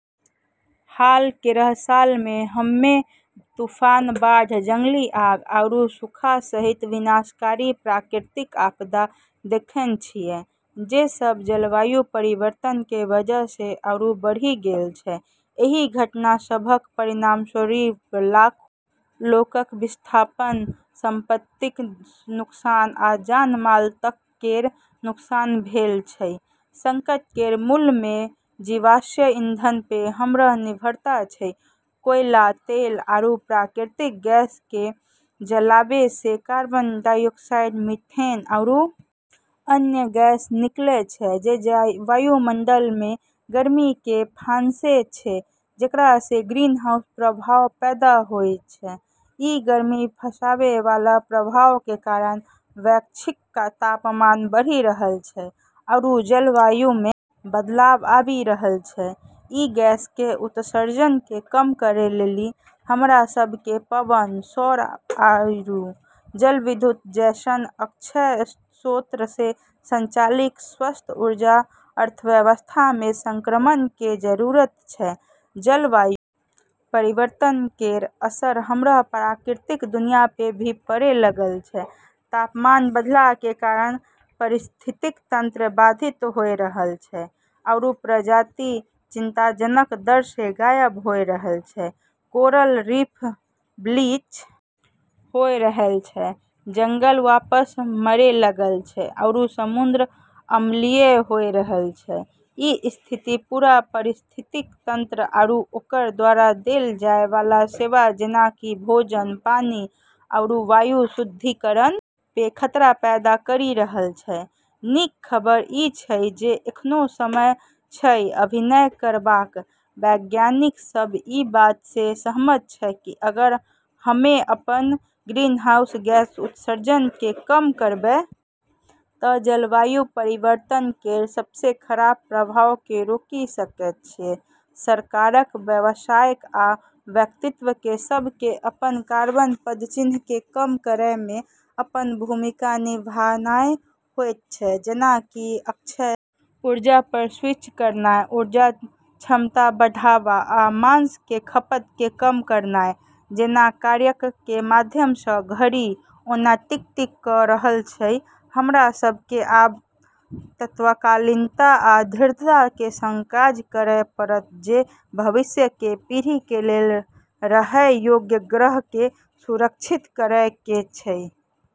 हाल केरऽ सालऽ मे हम्में तूफान, बाढ़, जंगली आग, आरू सूखा सहित विनाशकारी प्राकृतिक आपदा देखन॑ छियै जे सब जलवायु परिवर्तन के वजह से आरू बढ़ी गेलऽ छै, एहि घटना सभक परिणामस्वरूप लाखों लोकक विस्थापन, संपत्तिक नुकसान आ जान-माल तक केर नुकसान भेल अछि, संकट केरऽ मूल मे जीवाश्म ईंधन पे हमरऽ निर्भरता छै, कोयला, तेल आरू प्राकृतिक गैस के जलाबै से कार्बन डाइऑक्साइड, मीथेन आरू अन्य गैस निकलै छै जे वायुमंडल मे गर्मी के फंसै छै जेकरा से ग्रीनहाउस प्रभाव पैदा होय छै, ई गर्मी फँसाबै वाला प्रभाव के कारण वैश्विक तापमान बढ़ी रहलऽ छै आरू जलवायु मे बदलाव आबी रहलऽ छै, ई गैसऽ के उत्सर्जन के कम करै लेली हमरा सब के पवन, सौर आरू जलविद्युत जैसनऽ अक्षय स्रोतऽ स संचालित स्वच्छ ऊर्जा अर्थव्यवस्था मे संक्रमण के जरूरत छै, जलवायु परिवर्तन केरऽ असर हमरऽ प्राकृतिक दुनिया पे भी पड़े लगलऽ छै, तापमान बढ़ला के साथ पारिस्थितिकी तंत्र बाधित होय रहलऽ छै आरू प्रजाति चिंताजनक दर से गायब होय रहलऽ छै, कोरल रीफ ब्लीच होय रहलऽ छै, जंगल वापस मरै लगलऽ छै आरू समुद्र अम्लीय होय रहलऽ छै, ई स्थिति पूरा पारिस्थितिकी तंत्र आरू ओकरऽ द्वारा देलऽ जाय वाला सेवा जेना कि भोजन, पानी आरू वायु शुद्धिकरण पे खतरा पैदा करी रहलऽ छै, नीक खबर ई अछि जे एखनो समय अछि अभिनय करबाक, वैज्ञानिक सब ई बात से सहमत छै कि अगर हम्मं अपनऽ ग्रीनहाउस गैस उत्सर्जन के कम करबै त जलवायु परिवर्तन केरऽ सबसें खराब प्रभाव के रोकी सकै छियै, सरकारक, व्यवसायक आ व्यक्तिक कें सब कें अपन कार्बन पदचिह्न कें कम करय मे अपन भूमिका निभानाय होयत छै जेना कि अक्षय ऊर्जा पर स्विच करनाय, ऊर्जा दक्षता बढ़ावा, आ मांस कें खपत कें कम करनाय जैना कार्यक कें माध्यम सं, घड़ी ओना टिक-टिक क रहल अछि, हमरा सब के आब तात्कालिकता आ दृढ़ता के संग काज करय पड़त जं भविष्य के पीढ़ी के लेल रहय योग्य ग्रह के संरक्षित करय के अछि।